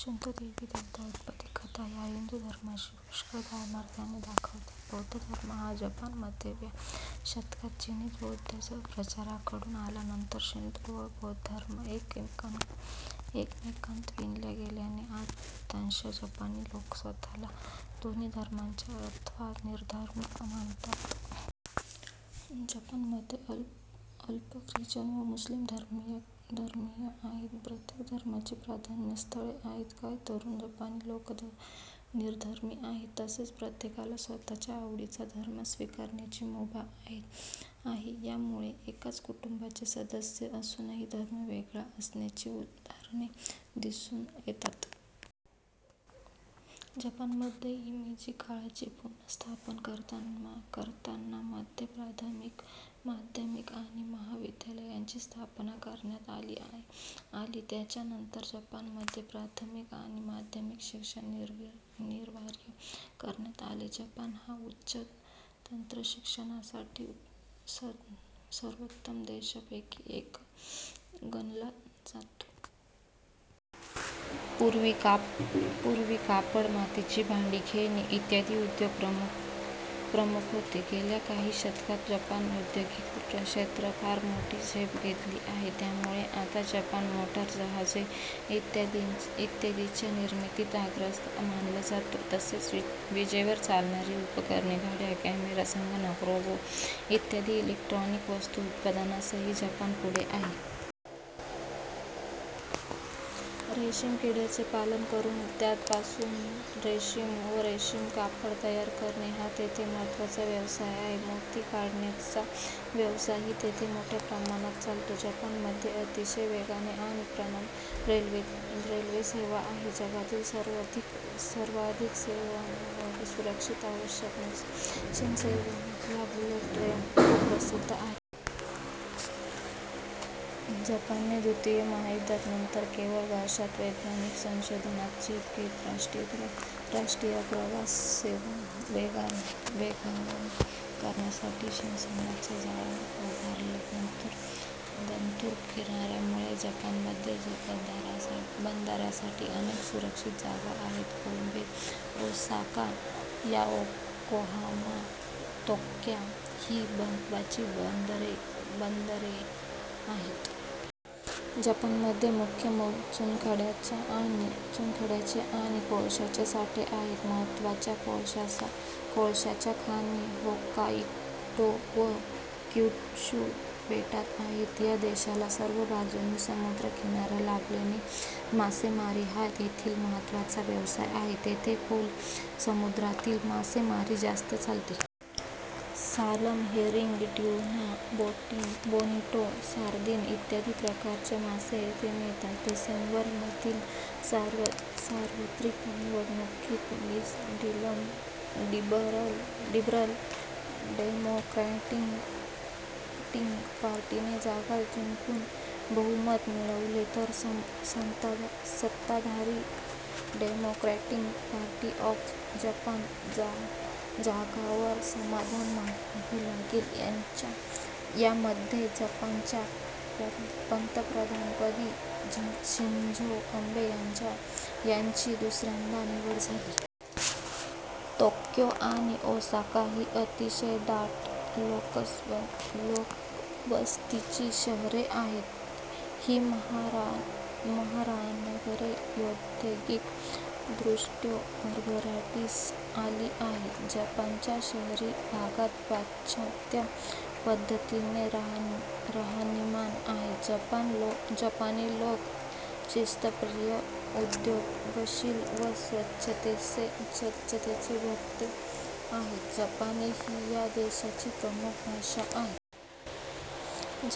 Shinto देवी देवता, उत्पत्ति कथा ह्या हिंदू धर्माशी पुष्कळ साधर्म्य दाखवतात. बौद्ध धर्म हा जपान मध्ये व्या शतकात चीनी बौद्ध प्रचारकांकडून आला. नंतर शिंतो व बौद्ध धर्म हे एकमेकात विणले गेल्याने आज बहुतांश जपानी लोक स्वतःला दोन्ही धर्मांचे अथवा निधर्मी मानतात. जपानमध्ये अल्प ख्रिश्चन व मुस्लिम धर्मीयही आहेत. प्रत्येक धर्माची प्रार्थनास्थळे आहेत. काही तरुण जपानी लोक निधर्मी आहेत तसेच प्रत्येकाला स्वतःच्या आवडीचा धर्म स्वीकारण्याची मुभा आहे. त्यामुळे एकाच कुटुंबाचे सदस्य असूनही धर्म वेगवेगळा असण्याची उदाहरणे दिसून येतात. जपान मध्ये मेइजि काळाची पुनःस्थापन करताना मध्ये प्राथमिक, माध्यमिक आणि महाविद्यलयांची स्थापना करण्यात आली. च्या नंतर जपान मध्ये प्राथमिक आणि माध्यमिक शिक्षण अनिवार्य करण्यात आले. जपान हा उच्च तंत्रशिक्षणासाठी सर्वोत्तम देशांपैकी एक गणला जातो। पूर्वी कापड, मातीची भांडी, खेळणी इत्यादी उद्योग प्रमुख होते. गेल्या काही दशकात जपानने औद्योगिक क्षेत्रात फार मोठी झेप घेतली आहे. त्यामुळे आता जपान मोटारी, जहाजे इत्यादींच्या निर्मितीत अग्रगण्य मानला जातो. तसेच विजेवर चालणारी उपकरणे, घड्याळे, कॅमेरा, संगणक, रोबो इत्यादी इलेक्ट्रोनिक वस्तूंच्या उत्पादनातही जपान पुढे आहे. रेशमी किड्यांचे पालन करून त्य्पासून रेशीम व रेशमी कापड तयार करणे हा येथील महत्त्वाचा व्यवसाय आहे. मोती काढण्याचा व्यवसायही येथे मोठ्या प्रमाणावर चालतो. जपानमध्ये अतिशय वेगवान आणि प्रगत रेल्वेसेवा आहे. जगातील सर्वाधिक वेगवान या सुरक्षित अश्या शिनकानसेन ह्या बुलेट ट्रेन खूप प्रसिद्ध आहे. जपान ने द्वितीय महायुद्धा नंतर केवळ वर्षातच वैज्ञानिक संशोधनात झेप घेत राष्ट्रीय प्रवास वेगवान करण्यासाठी, शिनकानसेनचं जाळं उभारलं. दंतुर किनाऱ्यामुळे जपानमध्ये बंदारांसाठी अनेक सुरक्षित जागा आहेत. कोबे, ओसाका, याकोहामा, तोक्यो ही महत्त्वाची बंदरे आहेत. जपानमध्ये मुख्यतः चुनखडकाचे आणि कोळशाचे साठे आहेत. महत्त्वाच्या कोळशाच्या खाणी होक्काइडो व क्युशु बेटांत आहेत. या देशाला सर्व बाजूनी समुद्रकिनारा लाभल्याने मासेमारी हा येथील महत्त्वाचा व्यवसाय आहे. येथे खोल समुद्रातील मासेमारी जास्त चालते. Salmon, herring, tuna, bonito, sardine इत्यादी प्रकारचे मासे येथे मिळतात. डिसेंबर मधील सार्वत्रिक निवडणुकीत लिबरल डेमोक्रॅटिक पार्टीने जागा जिंकून बहुमत मिळविले; तर सत्ताधारी डेमोक्रॅटिक पार्टी ऑफ जपानला जागांवर समाधान मानावे लागले. यामध्ये जपानच्या पंतप्रधानपदी शिंझो अबे यांची दुसऱ्यांदा निवड झाली. तोक्यो आणि ओसाका ही अतिशय दाट लोकवस्तीची शहरे आहेत. ही महानगरे औद्योगिक दृष्ट्या भरभराटीस आली आहेत. जपानच्या शहरी भागात पाश्चात्य पद्धतीचे राहणीमान आहे. जपानी लोक शिस्तप्रिय, उद्योगशील व स्वच्छतेचे भोक्ते आहेत. जपानी ही या देशाची प्रमुख भाषा आहे.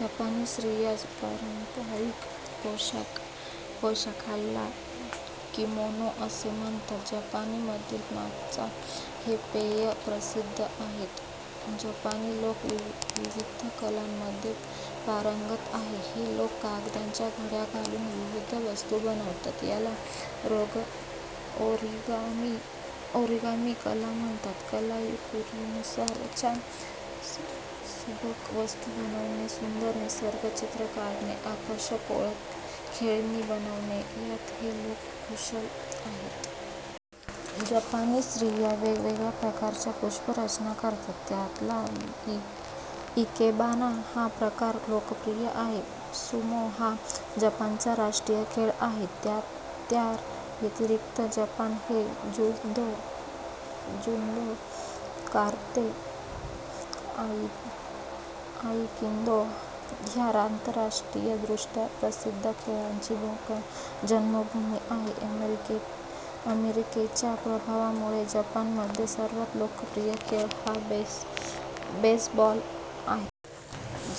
जपानी स्त्रियांच्या पारंपारिक पोशाखाला किमोनो असे म्हणतात. जपानमधील माचा हे पेय प्रसिद्ध आहे. जपानी लोक विविध कलांमध्ये पारंगत आहेत. हे लोक कागदाच्या घड्या घालून विविध वस्तू बनवतात. याला ओरिगामी कला म्हणतात. कलाकुसरीच्या सुबक वस्तू बनवणे, सुंदर निसर्ग चित्र काढणे, आकर्षक खेळणी बनवणे यांत हे लोक कुशल आहेत. जपानी स्त्रिया वेगवेगळ्या प्रकारच्या पुष्परचना करतात. त्यातला इकेबाना हा प्रकार लोकप्रिय आहे. सुमो हा जपानचा राष्ट्रीय खेळ आहे. त्या व्यतिरिक्त जपान हे ज्यूदो, काराते, आइकिदो ह्या आंतरराष्ट्रीय दृष्ट्या प्रसिद्ध खेळांची जन्मभूमी आहे. अमेरिकेच्या प्रभावामुळे जपान मध्ये सर्वात लोकप्रिय खेळ हा बेसबॉल आहे.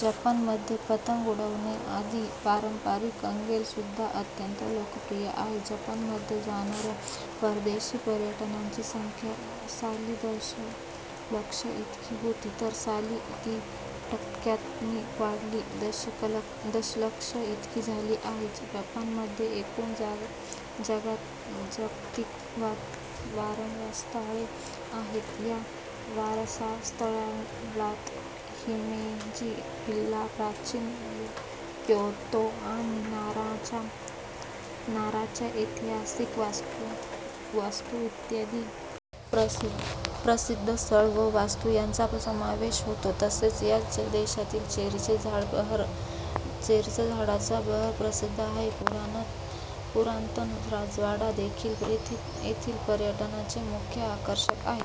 जपानमध्ये पतंग उडवणे आदि पारंपरिक कगेल सुद्धा अत्यंत लोकप्रिय आहेत. जपानमध्ये जाणाऱ्या परदेशी पर्यटकांची संख्या साली दशलक्ष इतकी होती तर साली ती टक्क्यांनी वाढून दशलक्ष इतकी झाली आहे. जपानमध्ये एकूण जागतिक वारसास्थळे आहेत, या वारसास्थळात हिमेजी किल्ला, प्राचीन क्योतो आणि नाराच्या ऐतिहासिक वास्तू इत्यादी. प्रसिद्ध स्थळ व वास्तू यांचा समावेश होतो. तसेच या देशातील चेरीच्या झाडांचा बहर प्रसिद्ध आहे. पुरातन राजवाडे हेदेखील येथील पर्यटनाचे मुख्य आकर्षण आहे.